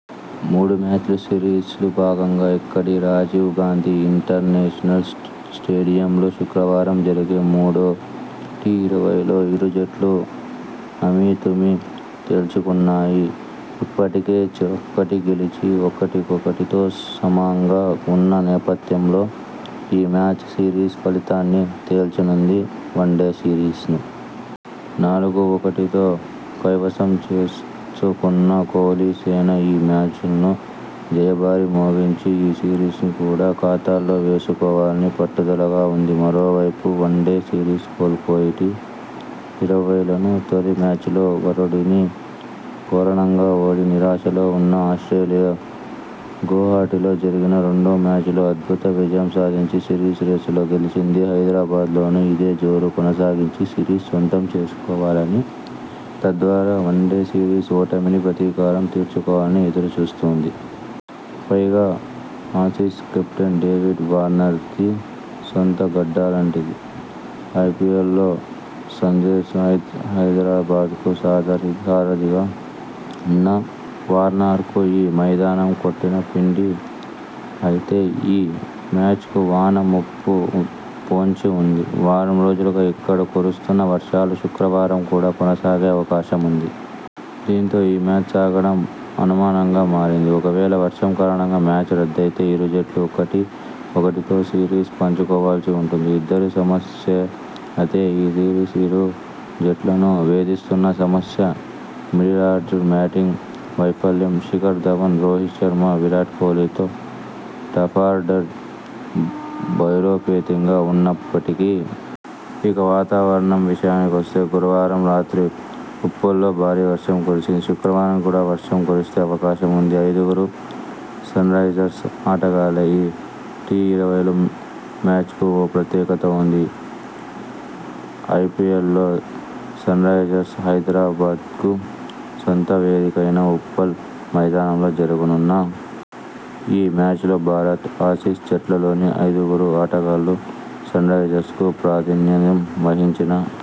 మూడు మ్యాచ్ల సిరీస్లో భాగంగా ఇక్కడి రాజీవ్ గాంధీ ఇంటర్నేషనల్ స్టేడియంలో శుక్రవారం జరిగే మూడో టీ ఇరవైలో ఇరు జట్లూ అమీతుమీ తేల్చుకోనున్నాయి ఇప్పటికే చెరొకటి గెలిచి ఒకటి ఒకటితో సమంగా ఉన్న నేపథ్యంలో ఈ మ్యాచ్ సిరీస్ ఫలితాన్ని తేల్చనుంది వన్డే సిరీస్ను నాలుగు ఒకటితో కైవసం చేసు కున్న కోహ్లీ సేన ఈ మ్యాచ్లోనూ జయ భేరి మోగించి ఈ సిరీస్ను కూడా ఖాతాలో వేసు కోవాలని పట్టుదలగా ఉంది మరోవైపు వన్డే సిరీస్ కోల్పోయి టీ ఇరవైల్లోనూ తొలి మ్యాచ్లో వరుణుడి కారణంగా ఓడి నిరాశలో ఉన్న ఆస్ట్రేలియా గువహటిలో జరిగిన రెండో మ్యాచ్లో అద్భుత విజయం సాధించి సిరీస్ రేసులో నిలిచింది హైదరాబాద్లోనూ ఇదే జోరు కొనసాగించి సిరీస్ సొంతం చేసుకోవాలని తద్వారా వన్డే సిరీస్ ఓటమికి ప్రతీకారం తీర్చుకోవాలని ఎదురు చూస్తోంది. పైగా ఆసీస్ కెప్టెన్ డేవిడ్ వార్నర్కిది సొంత గడ్డలాంటిది. ఐపీఎల్లో సన్రైజర్స్ హైదరాబాద్కు సదారి సారధిగా ఉన్న వార్నర్కు ఈ మైదానం కొట్టిన పిండి. అయితే ఈ మ్యాచ్కు వాన ముప్పు పొంచి ఉంది. వారం రోజులుగా ఇక్కడ కురుస్తున్న వర్షాలు శుక్రవారం కూడా కొనసాగే అవకాశం ఉంది. దీంతో ఈ మ్యాచ్ సాగడం అనుమానంగా మారింది. ఒకవేళ వర్షం కారణంగా మ్యాచ్ రద్దయితే ఇరు జట్లూ ఒకటి ఒకటితో సిరీస్ పంచుకోవాల్సి ఉంటుంది. ఇద్దరి సమస్య అదే ఈ సిరీస్లో ఇరు జట్లనూ వేధిస్తున్న సమస్య మిడిలార్డ బ్యాటింగ్ వైఫల్యం. శిఖర్ ధవన్, రోహిత్ శర్మ, విరాట్ కోహ్లీతో టాపార్డర్ బలోపేతంగా ఉన్న ప్పటికీ.. ఇక వాతావరణం విషయానికొస్తే గురువారం రాత్రి ఉప్పల్లో భారీ వర్షం కురిసంది. శుక్రవారం కూడా వర్షం కురిసే అవకాశం ఉంది. ఐదుగురు సన్రైజర్స్ ఆటగాళ్లే! ఈ టీఇరవై మ్యాచ్కు ఓ ప్రత్యేకత ఉంది. ఐపీఎల్లో సన్రైజర్స్ హైద రాబాద్కు సొంత వేదికైన ఉప్పల్ మైదానంలో జరుగనున్న ఈ మ్యా చ్లో భారత్, ఆసీస్ జట్లలోని ఐదు గురు ఆటగాళ్లు సన్రైజర్స్కు ప్రాతినిధ్యం వహించిన